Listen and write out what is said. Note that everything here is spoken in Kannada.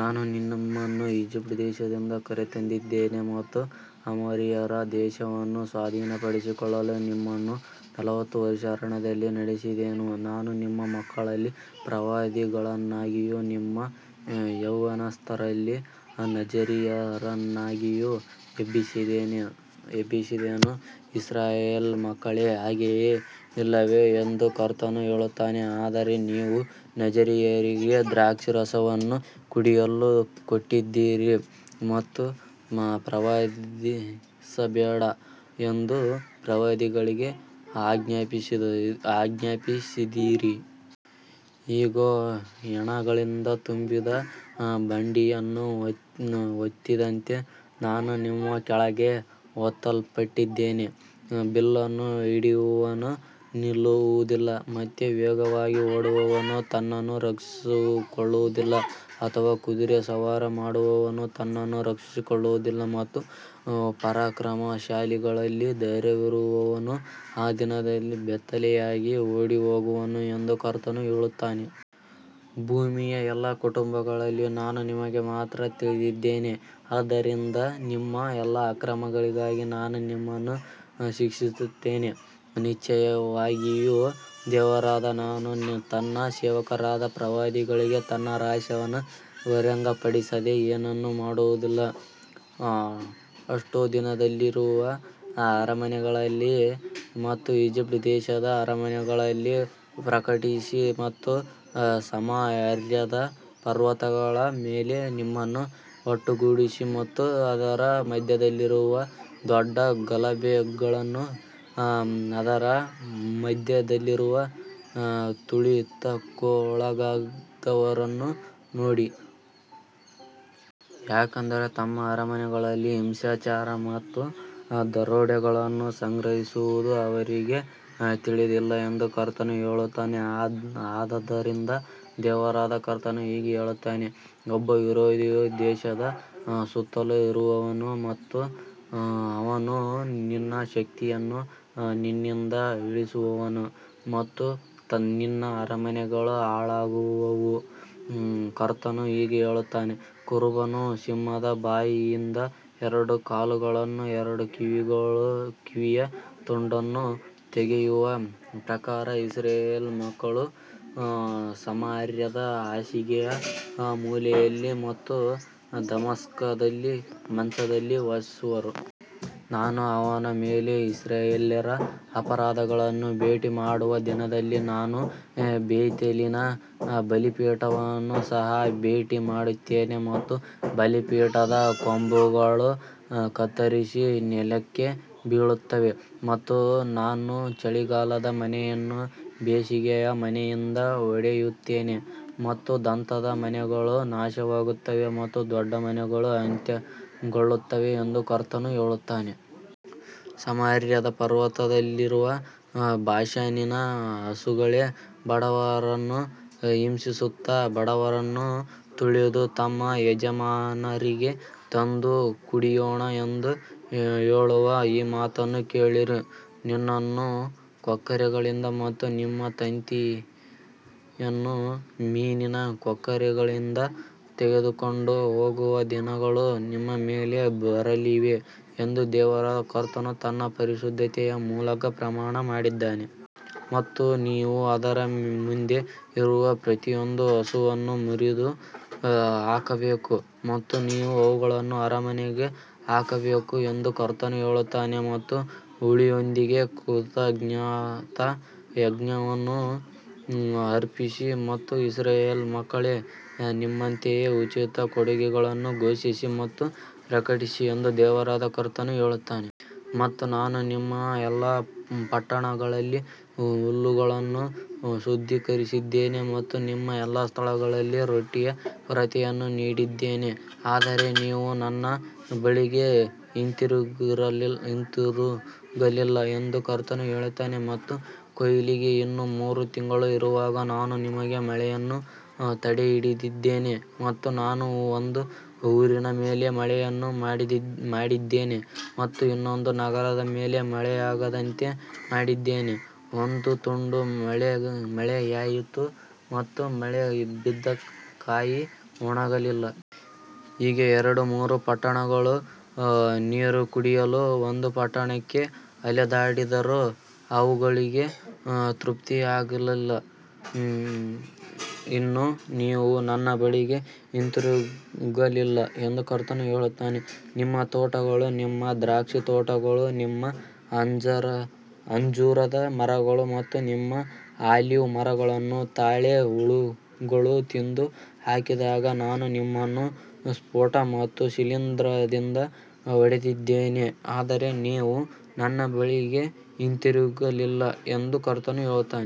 ನಾನು ನಿಮ್ಮನ್ನು ಈಜಿಪ್ಟ್ ದೇಶದಿಂದ ಕರೆತಂದಿದ್ದೇನೆ ಮತ್ತು ಅಮೋರಿಯರ ದೇಶವನ್ನು ಸ್ವಾಧೀನಪಡಿಸಿಕೊಳ್ಳಲು ನಿಮ್ಮನ್ನು ನಲವತ್ತು ವರ್ಷ ಅರಣ್ಯದಲ್ಲಿ ನಡೆಸಿದೆನು. ನಾನು ನಿಮ್ಮ ಮಕ್ಕಳಲ್ಲಿ ಪ್ರವಾದಿಗಳನ್ನಾಗಿಯೂ ನಿಮ್ಮ ಯೌವನಸ್ಥರಲ್ಲಿ ನಜರೀಯರನ್ನಾಗಿಯೂ ಎಬ್ಬಿಸಿದೆನು, ಇಸ್ರಾಯೇಲ್ ಮಕ್ಕಳೇ, ಹಾಗೆಯೇ ಅಲ್ಲವೇ ಎಂದು ಕರ್ತನು ಹೇಳುತ್ತಾನೆ. ಆದರೆ ನೀವು ನಜರೀಯರಿಗೆ ದ್ರಾಕ್ಷಾರಸವನ್ನು ಕುಡಿಯಲು ಕೊಟ್ಟಿದ್ದೀರಿ ಮತ್ತು ಪ್ರವಾದಿಸಬೇಡ ಎಂದು ಪ್ರವಾದಿಗಳಿಗೆ ಆಜ್ಞಾಪಿಸಿದಿರಿ. ಇಗೋ, ಹೆಣಗಳಿಂದ ತುಂಬಿದ ಬಂಡಿಯನ್ನು ಒತ್ತಿದಂತೆ ನಾನು ನಿಮ್ಮ ಕೆಳಗೆ ಒತ್ತಲ್ಪಟ್ಟಿದ್ದೇನೆ, ಬಿಲ್ಲನ್ನು ಹಿಡಿಯುವವನು ನಿಲ್ಲುವುದಿಲ್ಲ ಮತ್ತು ವೇಗವಾಗಿ ಓಡುವವನು ತನ್ನನ್ನು ರಕ್ಷಿಸಿಕೊಳ್ಳುವುದಿಲ್ಲ ಅಥವಾ ಕುದುರೆ ಸವಾರಿ ಮಾಡುವವನು ತನ್ನನ್ನು ರಕ್ಷಿಸಿಕೊಳ್ಳುವುದಿಲ್ಲ. ಮತ್ತು ಪರಾಕ್ರಮಶಾಲಿಗಳಲ್ಲಿ ಧೈರ್ಯವಿರುವವನು ಆ ದಿನದಲ್ಲಿ ಬೆತ್ತಲೆಯಾಗಿ ಓಡಿಹೋಗುವನು ಎಂದು ಕರ್ತನು ಹೇಳುತ್ತಾನೆ. ಭೂಮಿಯ ಎಲ್ಲಾ ಕುಟುಂಬಗಳಲ್ಲಿ ನಾನು ನಿಮಗೆ ಮಾತ್ರ ತಿಳಿದಿದ್ದೇನೆ, ಆದ್ದರಿಂದ ನಿಮ್ಮ ಎಲ್ಲಾ ಅಕ್ರಮಗಳಿಗಾಗಿ ನಾನು ನಿಮ್ಮನ್ನು ಶಿಕ್ಷಿಸುತ್ತೇನೆ. ನಿಶ್ಚಯವಾಗಿಯೂ ದೇವರಾದ ಕರ್ತನು ತನ್ನ ಸೇವಕರಾದ ಪ್ರವಾದಿಗಳಿಗೆ ತನ್ನ ರಹಸ್ಯವನ್ನು ಬಹಿರಂಗಪಡಿಸದೆ ಏನನ್ನೂ ಮಾಡುವುದಿಲ್ಲ. ಅಷ್ಡೋದಿನಲ್ಲಿರುವ ಅರಮನೆಗಳಲ್ಲಿ ಮತ್ತು ಈಜಿಪ್ಟ್ ದೇಶದ ಅರಮನೆಗಳಲ್ಲಿ ಪ್ರಕಟಿಸಿ ಮತ್ತು ಸಮಾರ್ಯದ ಪರ್ವತಗಳ ಮೇಲೆ ನಿಮ್ಮನ್ನು ಒಟ್ಟುಗೂಡಿಸಿ ಮತ್ತು ಅದರ ಮಧ್ಯದಲ್ಲಿರುವ ದೊಡ್ಡ ಗಲಭೆಗಳನ್ನೂ ಅದರ ಮಧ್ಯದಲ್ಲಿರುವ ತುಳಿತಕ್ಕೊಳಗಾದವರನ್ನೂ ನೋಡಿ. ಯಾಕಂದರೆ ತಮ್ಮ ಅರಮನೆಗಳಲ್ಲಿ ಹಿಂಸಾಚಾರ ಮತ್ತು ದರೋಡೆಗಳನ್ನು ಸಂಗ್ರಹಿಸುವುದು ಅವರಿಗೆ ತಿಳಿದಿಲ್ಲ ಎಂದು ಕರ್ತನು ಹೇಳುತ್ತಾನೆ. ಆದದರಿಂದ ದೇವರಾದ ಕರ್ತನು ಹೀಗೆ ಹೇಳುತ್ತಾನೆ, ಒಬ್ಬ ವಿರೋಧಿಯು ದೇಶದ ಸುತ್ತಲೂ ಇರುವನು ಮತ್ತು ಅವನು ನಿನ್ನ ಶಕ್ತಿಯನ್ನು ನಿನ್ನಿಂದ ಇಳಿಸುವನು ಮತ್ತು ನಿನ್ನ ಅರಮನೆಗಳು ಹಾಳಾಗುವವು. ಕರ್ತನು ಹೀಗೆ ಹೇಳುತ್ತಾನೆ, ಕುರುಬನು ಸಿಂಹದ ಬಾಯಿಯಿಂದ ಎರಡು ಕಾಲುಗಳನ್ನು ಅಥವಾ ಕಿವಿಯ ತುಂಡನ್ನು ತೆಗೆಯುವ ಪ್ರಕಾರ ಇಸ್ರಾಯೇಲ್ ಮಕ್ಕಳು ಸಮಾರ್ಯದ ಹಾಸಿಗೆಯ ಮೂಲೆಯಲ್ಲಿ ಮತ್ತು ದಮಸ್ಕದಲ್ಲಿ ಮಂಚದಲ್ಲಿ ವಾಸಿಸುವರು. ನಾನು ಅವನ ಮೇಲೆ ಇಸ್ರಾಯೇಲ್ಯರ ಅಪರಾಧಗಳನ್ನು ಭೇಟಿ ಮಾಡುವ ದಿನದಲ್ಲಿ ನಾನು ಬೇತೇಲಿನ ಬಲಿಪೀಠಗಳನ್ನು ಸಹ ಭೇಟಿ ಮಾಡುತ್ತೇನೆ ಮತ್ತು ಬಲಿಪೀಠದ ಕೊಂಬುಗಳು ಕತ್ತರಿಸಿ ನೆಲಕ್ಕೆ ಬೀಳುತ್ತವೆ. ಮತ್ತು ನಾನು ಚಳಿಗಾಲದ ಮನೆಯನ್ನು ಬೇಸಿಗೆಯ ಮನೆಯಿಂದ ಹೊಡೆಯುತ್ತೇನೆ ಮತ್ತು ದಂತದ ಮನೆಗಳು ನಾಶವಾಗುತ್ತವೆ ಮತ್ತು ದೊಡ್ಡ ಮನೆಗಳು ಅಂತ್ಯಗೊಳ್ಳುತ್ತವೆ ಎಂದು ಕರ್ತನು ಹೇಳುತ್ತಾನೆ. ಸಮಾರ್ಯದ ಪರ್ವತದಲ್ಲಿರುವ ಬಾಷಾನಿನ ಹಸುಗಳೇ, ಬಡವರನ್ನು ಹಿಂಸಿಸುತ್ತಾ ಬಡವರನ್ನು ತುಳಿದು ತಮ್ಮ ಯಜಮಾನರಿಗೆ ತಂದು ಕುಡಿಯೋಣ ಎಂದು ಹೇಳುವ ಈ ಮಾತನ್ನು ಕೇಳಿರಿ. ನಿನ್ನನ್ನು ಕೊಕ್ಕೆಗಳಿಂದ ಮತ್ತು ನಿಮ್ಮ ಸಂತತಿಯನ್ನು ಮೀನಿನ ಕೊಕ್ಕೆಗಳಿಂದ ತೆಗೆದುಕೊಂಡು ಹೋಗುವ ದಿನಗಳು ನಿಮ್ಮ ಮೇಲೆ ಬರಲಿವೆ ಎಂದು ದೇವರಾದ ಕರ್ತನು ತನ್ನ ಪರಿಶುದ್ಧತೆಯ ಮೂಲಕ ಪ್ರಮಾಣ ಮಾಡಿದ್ದಾನೆ. ಮತ್ತು ನೀವು ಅದರ ಮುಂದೆ ಇರುವ ಪ್ರತಿಯೊಂದು ಹಸುವನ್ನು ಮುರಿದು ಹಾಕಬೇಕು ಮತ್ತು ನೀವು ಅವುಗಳನ್ನು ಅರಮನೆಗೆ ಹಾಕಬೇಕು ಎಂದು ಕರ್ತನು ಹೇಳುತ್ತಾನೆ. ಮತ್ತು ಹುಳಿಯೊಂದಿಗೆ ಕೃತಜ್ಞತಾ ಯಜ್ಞವನ್ನು ಅರ್ಪಿಸಿ ಮತ್ತು ಇಸ್ರಾಯೇಲ್ ಮಕ್ಕಳೇ, ನಿಮ್ಮಂತೆಯೇ ಉಚಿತ ಕೊಡುಗೆಗಳನ್ನು ಘೋಷಿಸಿ ಮತ್ತು ಪ್ರಕಟಿಸಿ ಎಂದು ದೇವರಾದ ಕರ್ತನು ಹೇಳುತ್ತಾನೆ. ಮತ್ತು ನಾನು ನಿಮ್ಮ ಎಲ್ಲಾ ಪಟ್ಟಣಗಳಲ್ಲಿ ಹಲ್ಲುಗಳನ್ನು ಶುದ್ಧೀಕರಿಸಿದ್ದೇನೆ ಮತ್ತು ನಿಮ್ಮ ಎಲ್ಲಾ ಸ್ಥಳಗಳಲ್ಲಿ ರೊಟ್ಟಿಯ ಕೊರತೆಯನ್ನು ನೀಡಿದ್ದೇನೆ, ಆದರೆ ನೀವು ನನ್ನ ಬಳಿಗೆ ಹಿಂತಿರುಗಲಿಲ್ಲ ಎಂದು ಕರ್ತನು ಹೇಳುತ್ತಾನೆ. ಮತ್ತು ಕೊಯ್ಲಿಗೆ ಇನ್ನೂ ಮೂರು ತಿಂಗಳು ಇರುವಾಗ ನಾನು ನಿಮಗೆ ಮಳೆಯನ್ನು ತಡೆಹಿಡಿದಿದ್ದೇನೆ ಮತ್ತು ನಾನು ಒಂದು ಊರಿನ ಮೇಲೆ ಮಳೆಯನ್ನು ಮಾಡಿದ್ದೇನೆ ಮತ್ತು ಇನ್ನೊಂದು ನಗರದ ಮೇಲೆ ಮಳೆಯಾಗದಂತೆ ಮಾಡಿದ್ದೇನೆ, ಒಂದು ತುಂಡು ಮಳೆಯಾಯಿತು ಮತ್ತು ಮಳೆ ಬಿದ್ದ ಕಾಯಿ ಒಣಗಲಿಲ್ಲ. ಹೀಗೆ ಎರಡು ಮೂರು ಪಟ್ಟಣಗಳು ನೀರು ಕುಡಿಯಲು ಒಂದು ಪಟ್ಟಣಕ್ಕೆ ಅಲೆದಾಡಿದರೂ ಅವುಗಳಿಗೆ ತೃಪ್ತಿಯಾಗಲಿಲ್ಲ, ಇನ್ನೂ ನೀವು ನನ್ನ ಬಳಿಗೆ ಹಿಂತಿರುಗಲಿಲ್ಲ ಎಂದು ಕರ್ತನು ಹೇಳುತ್ತಾನೆ. ನಿಮ್ಮ ತೋಟಗಳು, ನಿಮ್ಮ ದ್ರಾಕ್ಷಿತೋಟಗಳು, ನಿಮ್ಮ ಅಂಜೂರದ ಮರಗಳು ಮತ್ತು ನಿಮ್ಮ ಆಲಿವ್ ಮರಗಳನ್ನು ತಾಳೆ ಹುಳುಗಳು ತಿಂದು ಹಾಕಿದಾಗ ನಾನು ನಿಮ್ಮನ್ನು ಸ್ಫೋಟ ಮತ್ತು ಶಿಲೀಂಧ್ರದಿಂದ ಹೊಡೆದಿದ್ದೇನೆ, ಆದರೆ ನೀವು ನನ್ನ ಬಳಿಗೆ ಹಿಂತಿರುಗಲಿಲ್ಲ ಎಂದು ಕರ್ತನು ಹೇಳುತ್ತಾನೆ.